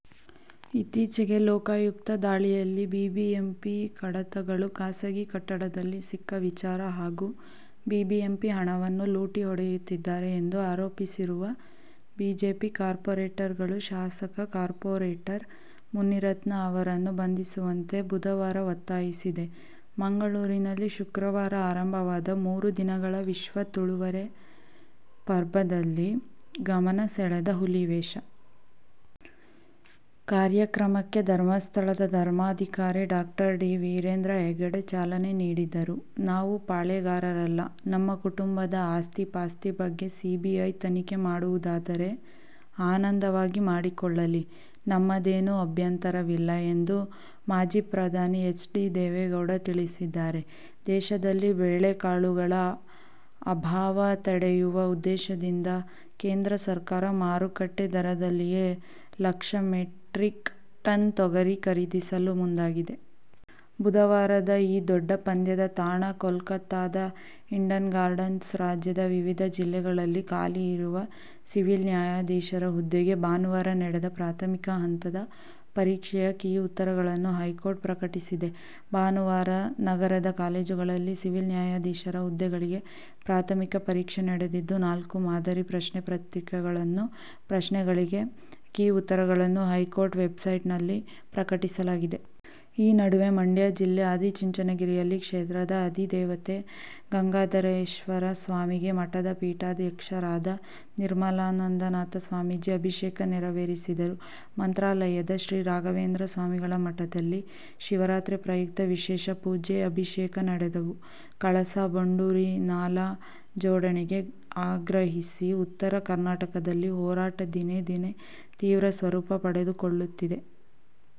ಇತ್ತೀಚೆಗೆ ಲೋಕಾಯುಕ್ತ ದಾಳಿಯಲ್ಲಿ ಬಿಬಿಎಂಪಿ ಕಡತಗಳು ಖಾಸಗಿ ಕಟ್ಟಡದಲ್ಲಿ ಸಿಕ್ಕ ವಿಚಾರ ಹಾಗೂ ಬಿಬಿಎಂಪಿ ಹಣವನ್ನು ಲೂಟಿ ಹೊಡೆಯುತ್ತಿದ್ದಾರೆ ಎಂದು ಆರೋಪಿಸಿರುವ ಬಿಜೆಪಿ ಕಾರ್ಪೋರೇಟರ್ ಗಳು ಶಾಸಕ, ಕಾರ್ಪೋರೇಟರ್ ಮುನಿರತ್ನ ಅವರನ್ನು ಬಂಧಿಸುವಂತೆ ಬುಧವಾರ ಒತ್ತಾಯಿಸಿದೆ. ಮಂಗಳೂರಿನಲ್ಲಿ ಶುಕ್ರವಾರ ಆರಂಭವಾದ ಮೂರು ದಿನಗಳ ವಿಶ್ವ ತುಳುವೆರೆ ಪರ್ಬದಲ್ಲಿ ಗಮನ ಸೆಳೆದ ಹುಲಿವೇಷ. ಕಾರ್ಯಕ್ರಮಕ್ಕೆ ಧರ್ಮಸ್ಥಳದ ಧರ್ಮಾಧಿಕಾರಿ ಡಾ. ಡಿ. ವೀರೇಂದ್ರ ಹೆಗ್ಗಡೆ ಚಾಲನೆ ನೀಡಿದರು. ನಾವು ಪಾಳೇಗಾರರಲ್ಲ, ನಮ್ಮ ಕುಟುಂಬದ ಆಸ್ತಿ-ಪಾಸ್ತಿ ಬಗ್ಗೆ ಸಿಬಿಐ ತನಿಖೆ ಮಾಡುವುದಾದರೆ ಆನಂದವಾಗಿ ಮಾಡಿಕೊಳ್ಳಲಿ. ನಮ್ಮದೇನೂ ಅಭ್ಯಂತರವಿಲ್ಲ ಎಂದು ಮಾಜಿ ಪ್ರಧಾನಿ ಎಚ್. ಡಿ. ದೇವೇಗೌಡ ತಿಳಿಸಿದ್ದಾರೆ. ದೇಶದಲ್ಲಿ ಬೇಳೆಕಾಳುಗಳ ಅಭಾವ ತಡೆಯುವ ಉದ್ದೇಶದಿಂದ ಕೇಂದ್ರ ಸರ್ಕಾರ ಮಾರುಕಟ್ಟೆ ದರದಲ್ಲಿಯೇ ಲಕ್ಷ ಮೆಟ್ರಿಕ್ ಟನ್ ತೊಗರಿ ಖರೀದಿಸಲು ಮುಂದಾಗಿದೆ. ಬುಧವಾರದ ಈ ದೊಡ್ಡ ಪಂದ್ಯದ ತಾಣ ಕೋಲ್ಕತಾದ "ಈಡನ್ ಗಾರ್ಡನ್ಸ್'. ರಾಜ್ಯದ ವಿವಿಧ ಜಿಲ್ಲೆಗಳಲ್ಲಿ ಖಾಲಿಯಿರುವ ಸಿವಿಲ್ ನ್ಯಾಯಾಧೀಶರ ಹುದ್ದೆಗೆ ಭಾನುವಾರ ನಡೆದ ಪ್ರಾಥಮಿಕ ಹಂತದ ಪರೀಕ್ಷೆಯ ಕೀ ಉತ್ತರಗಳನ್ನು ಹೈಕೋರ್ಟ್ ಪ್ರಕಟಿಸಿದೆ. ಭಾನುವಾರ ನಗರದ ಕಾಲೇಜುಗಳಲ್ಲಿ ಸಿವಿಲ್ ನ್ಯಾಯಾಧೀಶರ ಹುದ್ದೆಗಳಿಗೆ ಪ್ರಾಥಮಿಕ ಪರೀಕ್ಷೆ ನಡೆದಿದ್ದು, ನಾಲ್ಕು ಮಾದರಿ ಪ್ರಶ್ನೆ ಪ್ರತ್ರಿಕೆಗಳಲ್ಲಿನ ಪ್ರಶ್ನೆಗಳಿಗೆ ಕೀ ಉತ್ತರಗಳನ್ನು ಹೈಕೋರ್ಟ್ ವೆಬ್ಸೈಟ್ನಲ್ಲಿ ಪ್ರಕಟಿಸಲಾಗಿದೆ. ಈ ನಡುವೆ, ಮಂಡ್ಯ ಜಿಲ್ಲೆ ಆದಿಚುಂಚನಗಿರಿಯಲ್ಲಿ ಕ್ಷೇತ್ರದ ಅದಿದೇವತೆ ಗಂಗಾಧರೇಶ್ವರಸ್ವಾಮಿಗೆ ಮಠದ ಪೀಠಾಧ್ಯಕ್ಷರಾದ ನಿರ್ಮಲಾನಂದನಾಥಸ್ವಾಮೀಜಿ ಅಭಿಷೇಕ ನೆರವೇರಿಸಿದರು. ಮಂತ್ರಾಲಯದ ಶ್ರೀ ರಾಘವೇಂದ್ರ ಸ್ವಾಮಿಗಳ ಮಠದಲ್ಲಿ ಶಿವರಾತ್ರಿ ಪ್ರಯುಕ್ತ ವಿಶೇಷ ಪೂಜೆ, ಅಭಿಷೇಕ ನಡೆದವು. ಕಳಸಾ- ಬಂಡೂರಿ ನಾಲಾ ಜೋಡಣೆಗೆ ಆಗ್ರಹಿಸಿ ಉತ್ತರ ಕರ್ನಾಟಕದಲ್ಲಿ ಹೋರಾಟ ದಿನೇ ದಿನೇ ತೀವ್ರ ಸ್ವರೂಪ ಪಡೆದುಕೊಳ್ಳುತ್ತಿದೆ.